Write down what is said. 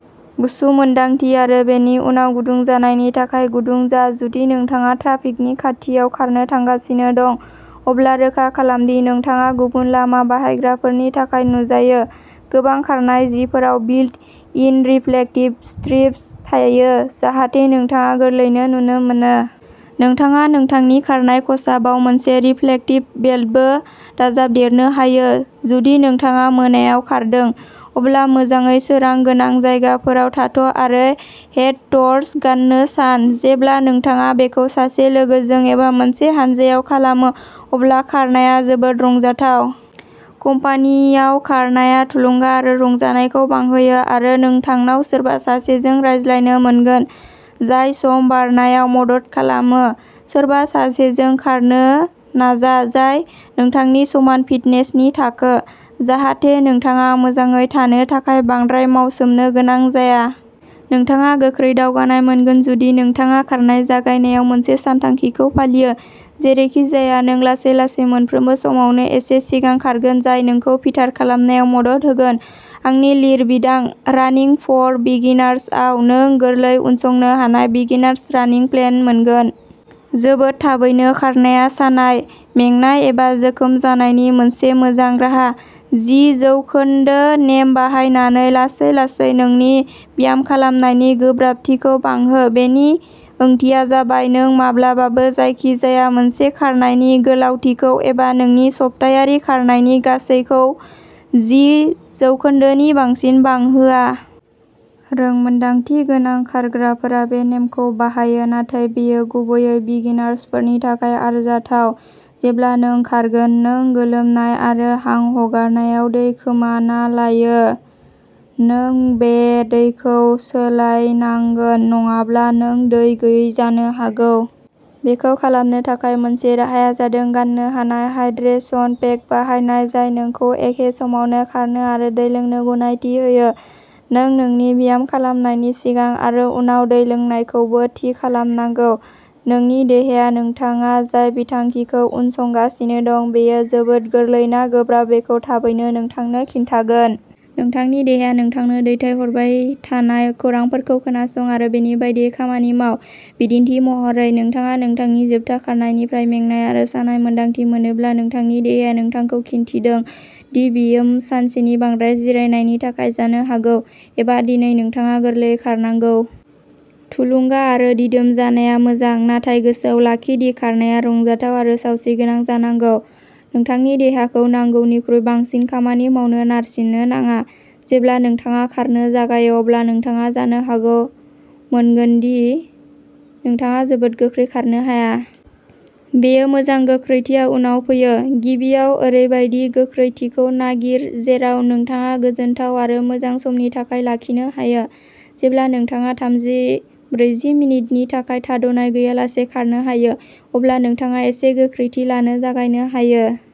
गुसु मोन्दांथि आरो बेनि उनाव गुदुं जानायनि थाखाय गुदुं जा जुदि नोंथाङा ट्राफिकनि खाथियाव खारनो थांगासिनो दं। अब्ला रोखा खालाम दि नोंथाङा गुबुन लामा बाहायग्राफोरनि थाखाय नुजायो। गोबां खारनाय जिफोराव बिल्ट इन रिफ्लेक्टिभ स्ट्रिप्स थायो, जाहाथे नोंथाङा गोरलैयै नुनो मोनो। नोंथाङा नोंथांनि खारनाय खसाबाव मोनसे रिफ्लेक्टिभ बेल्टबो दाजाबदेरनो हायो। जुदि नोंथाङा मोनायाव खारदों, अब्ला मोजाङै सोरां गोनां जायगाफोराव थाथ'आरो हेडटर्च गान्नो सान। जेब्ला नोंथाङा बेखौ सासे लोगोजों एबा मोनसे हानजायाव खालामो अब्ला खारनाया जोबोद रंजाथाव। कम्पानीआव खारनाया थुलुंगा आरो रंजानायखौ बांहोयो, आरो नोंथांनाव सोरबा सासेजों रायज्लायनो मोनगोन जाय सम बारनायाव मदद खालामो। सोरबा सासेजों खारनो नाजा जाय नोंथांनि समान फिटनेसनि थाखो, जाहाथे नोंथाङा मोजाङै थानो थाखाय बांद्राय मावसोमनो गोनां जाया। नोंथाङा गोख्रै दावगानाय मोनगोन जुदि नोंथाङा खारनाय जागायनायाव मोनसे सानथांखिखौ फालियो। जेरैखिजाया, नों लासै लासै मोनफ्रोमबो समावनो एसे सिगां खारगोन जाय नोंखौ फिटार खालामनायाव मदद होगोन। आंनि लिरबिदां रानिं फर बिगिनार्सआव नों गोरलै उनसंनो हानाय बिगिनार्स रानिं प्लेन मोनगोन। जोबोद थाबैनो खारनाया सानाय, मेंनाय एबा जोखोम जानायनि मोनसे मोजां राहा। जि जौखोन्दो नेम बाहायनानै लासै लासै नोंनि ब्यामखालामनायनि गोब्राबथिखौ बांहो। बेनि ओंथिया जाबाय नों माब्लाबाबो जायखिजाया मोनसे खारनायनि गोलावथिखौ एबा नोंनि सप्तायारि खारनायनि गासैखौ जि जौखोन्दो नि बांसिन बांहोआ। रोंमोन्दांथि गोनां खारग्राफोरा बे नेमखौ बाहायो, नाथाय बेयो गुबैयै बिगिनार्सफोरनि थाखाय आरजाथाव। जेब्ला नों खारगोन, नों गोलोमनाय आरो हां हगारनायाव दै खोमाना लायो। नों बे दैखौ सोलायनांगोन, नङाब्ला नों दै गैयै जानो हागौ। बेखौ खालामनो थाखाय मोनसे राहाया जादों गान्नो हानाय हाइड्रेशन पेक बाहायनाय जाय नोंखौ एखे समावनो खारनो आरो दै लोंनो गनायथि होयो। नों नोंनि ब्यामखालामनायनि सिगां आरो उनाव दै लोंनायखौबो थि खालामनांगौ। नोंनि देहाया नोंथाङा जाय बिथांखिखौ उनसंगासिनो दं बेयो जोबोद गोरलै ना गोब्राब बेखौ थाबैनो नोंथांनो खिन्थागोन। नोंथांनि देहाया नोंथांनो दैथायहरबाय थानाय खौरांफोरखौ खोनासं आरो बेनि बायदियै खामानि माव। बिदिन्थि महरै, नोंथाङा नोंथांनि जोबथा खारनायनिफ्राय मेंनाय आरो सानाय मोन्दांथि मोनोब्ला, नोंथांनि देहाया नोंथांखौ खिन्थिदों दि बेयो सानसेनि बांद्राय जिरायनायनि थाखाय जानो हागौ, एबा दिनै नोंथाङा गोरलैयै खारनांगौ। थुलुंगा आरो दिदोम जानाया मोजां, नाथाय गोसोआव लाखि दि खारनाया रंजाथाव आरो सावस्रिगोनां जानांगौ। नोंथांनि देहाखौ नांगौनिख्रुइ बांसिन खामानि मावनो नारसिननो नाङा। जेब्ला नोंथाङा खारनो जागायो, अब्ला नोंथाङा जानो हागौ मोनगोन दि नोंथाङा जोबोद गोख्रै खारनो हाया। बेयो मोजां गोख्रैथिया उनाव फैयो। गिबियाव, ओरैबायदि गोख्रैथिखौ नागिर जेराव नोंथाङा गोजोनथाव आरो मोजां समनि थाखाय लाखिनो हायो। जेब्ला नोंथाङा थामजि, ब्रैजि मिनिटनि थाखाय थाद'नाय गैयालासे खारनो हायो, अब्ला नोंथाङा एसे गोख्रैथि लानो जागायनो हायो।